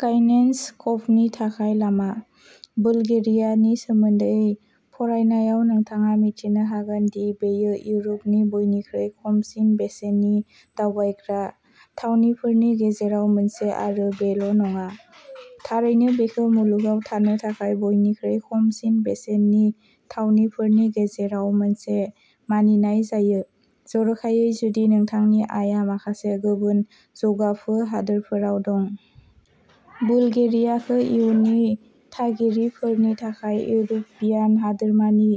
काइनेन्स कभनि थाखाय लामा। बुलगेरियानि सोमोन्दै फरायनायाव नोंथाङा मिथिनो हागोन दि बेयो इउरपनि बयनिख्रुइ खमसिन बेसेननि दावबायग्रा थावनिफोरनि गेजेराव मोनसे आरो बेल' नङा। थारैनो बेखौ मुलुगाव थानो थाखाय बयनिख्रुइ खमसिन बेसेननि थावनिफोरनि गेजेराव मोनसे मानिनाय जायो जर'खायै जुदि नोंथांनि आयआ माखासे गुबुन जौगाफु हादोरफोराव दं। बुलगेरियाखौ इयुननि थागिरिफोरनि थाखाय इउर'पियान हादोरमानि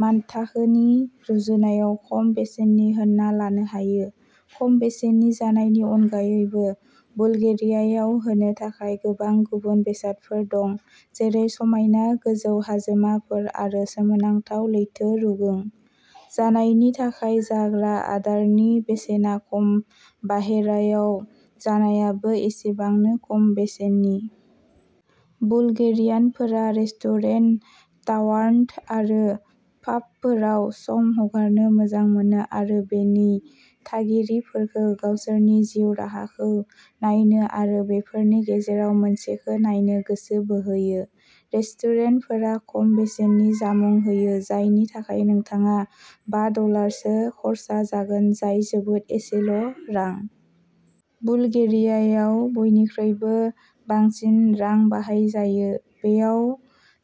मानथाखोनि रुजुनायाव खम बेसेननि होनना लानो हायो। खम बेसेननि जानायनि अनगायैबो बुलगेरियायाव होनो थाखाय गोबां गुबुन बेसादफोर दं जेरै समायना गोजौ हाजोमाफोर आरो सोमोनांथाव लैथो रुगुं। जानायनि थाखाय जाग्रा आदारनि बेसेना खम बाहेरायाव जानायाबो एसेबांनो खम बेसेननि। बुलगेरियानफोरा रेस्टुरेन्ट, टावार्न आरो पाबफोराव सम हगारनो मोजां मोनो आरो बेनो थागिरिफोरखौ गावसोरनि जिउ राहाखौ नायनो आरो बेफोरनि गेजेराव मोनसेखौ नायनो गोसो बोहोयो। रेस्टुरेन्टफोरा खम बेसेननि जामुं होयो जायनि थाखाय नोंथाङा बा डलारसो खर्सा जागोन जाय जोबोद एसेल' रां। बुलगेरियायाव बयनिख्रुइबो बांसिन रां बाहायजायो बेयाव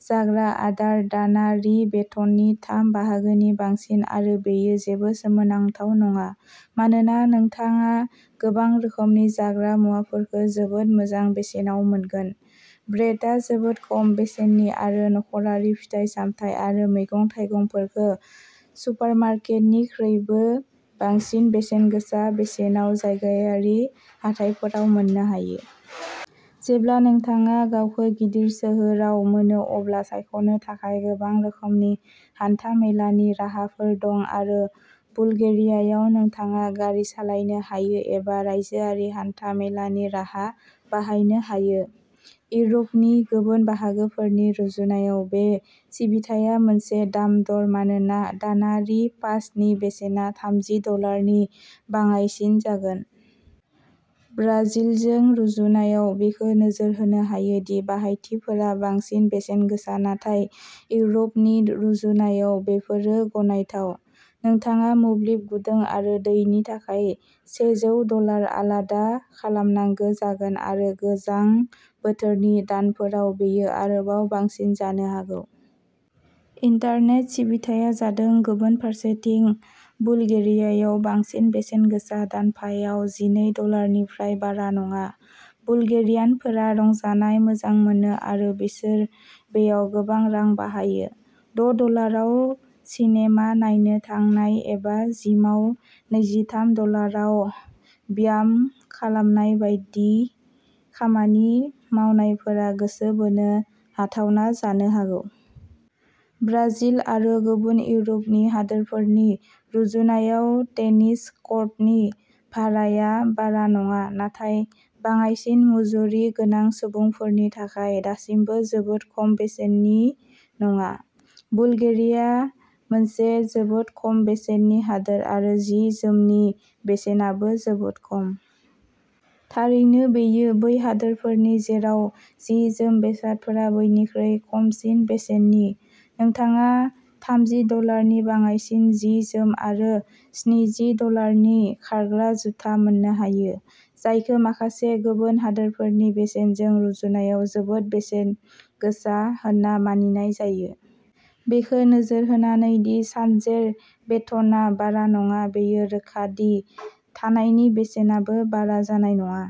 जाग्रा आदार दानारि बेथननि थाम बाहागोनि बांसिन आरो बेयो जेबो सोमोनांथाव नङा मानोना नोंथाङा गोबां रोखोमनि जाग्रा मुवाफोरखौ जोबोद मोजां बेसेनाव मोनगोन। ब्रेडआ जोबोद खम बेसेननि आरो न'खरारि फिथाइ-सामथाइ आरो मैगं-थाइगंफोरखौ सुपारमार्केटनिख्रुइबो बांसिन बेसेनगोसा बेसेनाव जायगायारि हाथाइफोराव मोननो हायो। जेब्ला नोंथाङा गावखौ गिदिर सोहोराव मोनो अब्ला सायख'नो थाखाय गोबां रोखोमनि हान्था-मेलानि राहाफोर दं आरो बुलगेरियायाव नोंथाङा गारि सालायनो हायो एबा रायजोआरि हान्था-मेलानि राहा बाहायनो हायो। इउरपनि गुबुन बाहागोफोरनि रुजुनायाव बे सिबिथाया मोनसे दाम-दर मानोना दानारि पासनि बेसेना थामजि डलारनि बाङाइसिन जागोन। ब्राजिलजों रुजुनायाव बेखौ नोजोर होनो हायो दि बाहायथिफोरा बांसिन बेसेनगोसा नाथाय इउर'पनि रुजुनायाव बेफोरो गनायथाव। नोंथाङा मोब्लिब गुदुं आरो दैनि थाखाय सेजौ डलार आलादा खालामनांगौ जागोन आरो गोजां बोथोरनि दानफोराव बेयो आरोबाव बांसिन जानो हागौ। इन्टारनेट सिबिथाया जादों गुबुन फारसेथिं बुलगेरियायाव बांसिन बेसेनगोसा दानफायाव जिनै डलारनिफ्राय बारा नङा। बुलगेरियानफोरा रंजानाय मोजां मोनो आरो बिसोर बेयाव गोबां रां बाहायो। द' डलाराव सिनेमा नायनो थांनाय एबा जिमाव नैजिथाम डलाराव ब्याम खालामनाय बायदि खामानि मावनायफोरा गोसो बोनो हाथावना जानो हागौ। ब्राजिल आरो गुबुन इउर'पनि हादोरफोरनि रुजुनायाव टेनिस क'र्टनि भाराया बारा नङा नाथाय बाङाइसिन मुजुरि गोनां सुबुंफोरनि थाखाय दासिमबो जोबोद खम बेसेननि नङा। बुलगेरिया मोनसे जोबोद खम बेसेननि हादोर आरो जि-जोमनि बेसेनाबो जोबोद खम। थारैनो बेयो बै हादोरफोरनि जेराव जि-जोम बेसादफोरा बयनिख्रुइ खमसिन बेसेननि। नोंथाङा थामजि डलारनि बाङाइसिन जि-जोम आरो स्निजि डलारनि खारग्रा जुथा मोननो हायो। जायखौ माखासे गुबुन हादोरफोरनि बेसेनजों रुजुनायाव जोबोद बेसेनगोसा होनना मानिनाय जायो। बेखौ नोजोर होनानै दि सानजेर बेथनआ बारा नङा बेयो रोखा दि थानायनि बेसेनाबो बारा जानाय नङा।